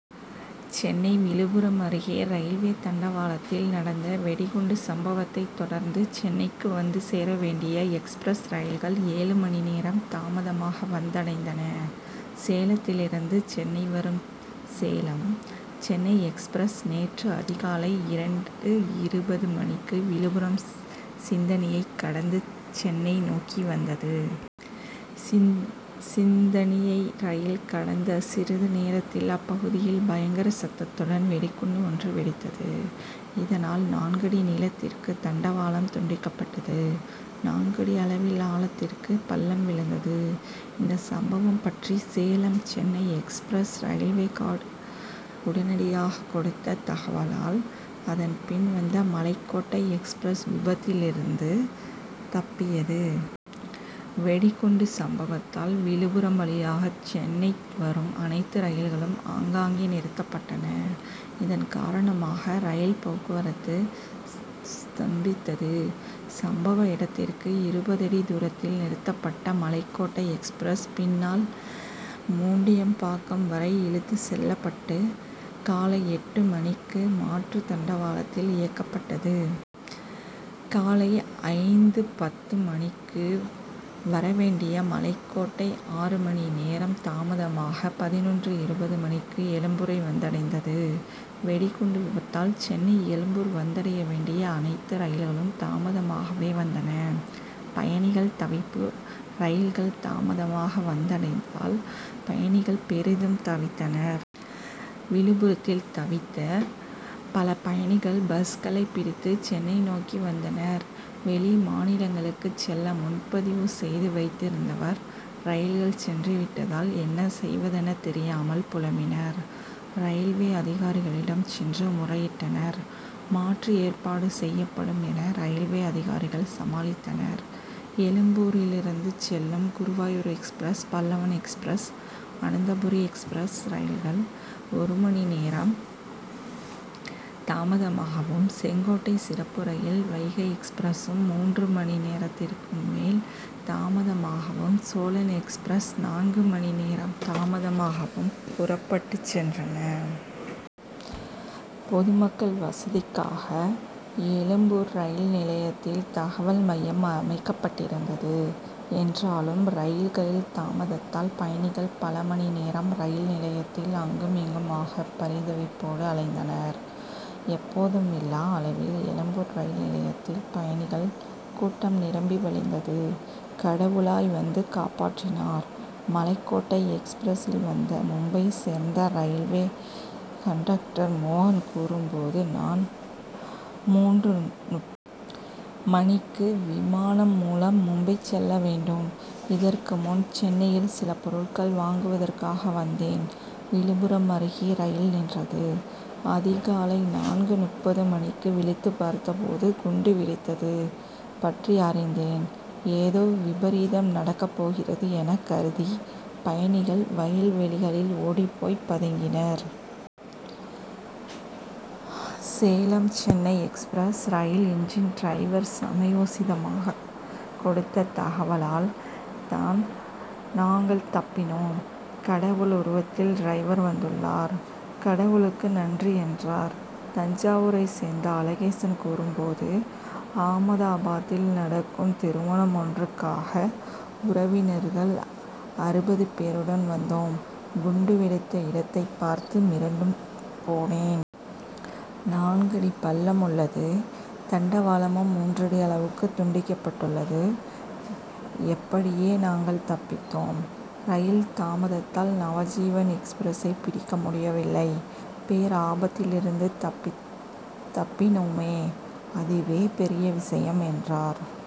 சென்னை விழுப்புரம் அருகே ரயில்வே தண்டவாளத்தில் நடந்த வெடிகுண்டு சம்பவத்தைத் தொடர்ந்து சென்னைக்கு வந்து சேர வேண்டிய எக்ஸ்பிரஸ் ரயில்கள் ஏழு மணி நேரம் தாமதமாக வந்தடைந்தன. சேலத்திலிருந்து சென்னை வரும் சேலம் சென்னை எக்ஸ்பிரஸ் நேற்று அதிகாலை இரண்டு இருபது மணிக்கு விழுப்புரம் சித்தணியைக் கடந்து சென்னை நோக்கி வந்தது. சிந்தணியை ரயில் கடந்த சிறிது நேரத்தில், அப்பகுதியில் பயங்கர சத்தத்துடன் வெடிகுண்டு ஒன்று வெடித்தது. இதனால், நான்கடி நீளத்திற்கு தண்டவாளம் துண்டிக்கப்பட்டது. நான்கடி அளவில் ஆழத்திற்கு பள்ளம் விழுந்தது. இந்த சம்பவம் பற்றி, Salem Chennai express railway guard உடனடியாக கொடுத்த தகவலால், அதன் பின் வந்த மலைக்கோட்டை எக்ஸ்பிரஸ் விபத்திலிருந்து தப்பியது. வெடிகுண்டு சம்பவத்தால் விழுப்புரம் வழியாக சென்னை வரும் அனைத்து ரயில்களும் ஆங்காங்கே நிறுத்தப்பட்டன. இதன் காரணமாக ரயில் போக்குரவத்து ஸ்தம்பித்தது. சம்பவ இடத்திற்கு இருபது அடி தூரத்தில் நிறுத்தப்பட்ட மலைக்கோட்டை எக்ஸ்பிரஸ், பின்னால் மூண்டியம்பாக்கம் வரை இழுத்துச் செல்லப்பட்டு, காலை எட்டு மணிக்கு மாற்று தண்டவாளத்தில் இயக்கப்பட்டது. காலை ஐந்து பத்து மணிக்கு வர வேண்டிய மலைக்கோட்டை ஆறு மணி நேரம் தாமதமாக பதினொன்று.இருபது மணிக்கு எழும்பூரை வந்தடைந்தது. வெடிகுண்டு விபத்தால் சென்னை எழும்பூர் வந்தடைய வேண்டிய அனைத்து ரயில்களும் தாமதமாகவே வந்தன. பயணிகள் தவிப்பு: ரயில்கள் தாமதமாக வந்தடைந்ததால் பயணிகள் பெரிதும் தவித்தனர். விழுப்புரத்தில் தவித்த பல பயணிகள், பஸ்களை பிடித்து சென்னை நோக்கி வந்தனர். வெளிமாநிலங்களுக்குச் செல்ல முன்பதிவு செய்து வைத்திருந்தவர்கள், ரயில்கள் சென்று விட்டதால், என்ன செய்வதென தெரியாமல் புலம்பினர். ரயில்வே அதிகாரிகளிடம் சென்று முறையிட்டனர். மாற்று ஏற்பாடு செய்யப்படும் என, ரயில்வே அதிகாரிகள் சமாளித்தனர். எழும்பூரிலிருந்து செல்லும் Guruvayur express, Pallavan express, Ananthapuri express ரயில்கள் ஒரு மணி நேரம் தாமதமாகவும், செங்கோட்டை சிறப்பு ரயில், வைகை எக்ஸ்பிரசும் மூன்று மணி நேரத்திற்கும் மேல் தாமதமாகவும், சோழன் எக்ஸ்பிரஸ் நான்கு மணி நேரம் தாமதமாகவும் புறப்பட்டுச் சென்றன. பொதுமக்கள் வசதிக்காக எழும்பூர் ரயில் நிலையத்தில், தகவல் மையம் அமைக்கப்பட்டிருந்தது. என்றாலும், ரயில்களின் தாமதத்தால் பயணிகள் பல மணி நேரம் ரயில் நிலையத்தில், அங்கும், இங்குமாக பரிதவிப்போடு அலைந்தனர். எப்போதுமில்லா அளவில் எழும்பூர் ரயில் நிலையத்தில் பயணிகள் கூட்டம் நிரம்பி வழிந்தது. கடவுளாய் வந்து காப்பாற்றினார்: மலைக்கோட்டை எக்ஸ்பிரசில் வந்த மும்பையைச் சேர்ந்த ரயில்வே கன்டக்டர் மோகன் கூறும்போது, நான் மூன்று.முப் மணிக்கு விமானம் மூலம் மும்பை செல்ல வேண்டும். இதற்கு முன், சென்னையில் சில பொருட்கள் வாங்குவதற்காக வந்தேன். விழுப்புரம் அருகே ரயில் நின்றது. அதிகாலை நான்கு.முப்பது மணிக்கு விழித்து பார்த்தபோது, குண்டு வெடித்தது பற்றி அறிந்தேன். ஏதோ விபரீதம் நடக்கப் போகிறது என கருதி பயணிகள், வயல்வெளிகளில் ஓடிப்போய் பதுங்கினர். Salem Chennai express rail engine driver சமயோசிதமாக கொடுத்த தகவலால் தான் நாங்கள் தப்பினோம். கடவுள் உருவத்தில் டிரைவர் வந்துள்ளார். கடவுளுக்கு நன்றி என்றார். தஞ்சாவூரைச் சேர்ந்த அழகேசன் கூறும்போது, ஆமதாபாத்தில் நடக்கும் திருமணம் ஒன்றுக்காக உறவினர்கள் அறுபது பேருடன் வந்தோம். குண்டு வெடித்த இடத்தை பார்த்து மிரண்டு போனேன். நான்கடி பள்ளம் உள்ளது. தண்டவாளமும் மூன்றடி அளவுக்கு துண்டிக்கப்பட்டுள்ளது. எப்படியே நாங்கள் தப்பித்தோம். ரயில் தாமதத்தால் நவஜீவன் எக்ஸ்பிரசை பிடிக்க முடியவில்லை. பேராபத்திலிருந்து தப்பி தப்பினோமே அதுவே பெரிய விஷயம் என்றார்.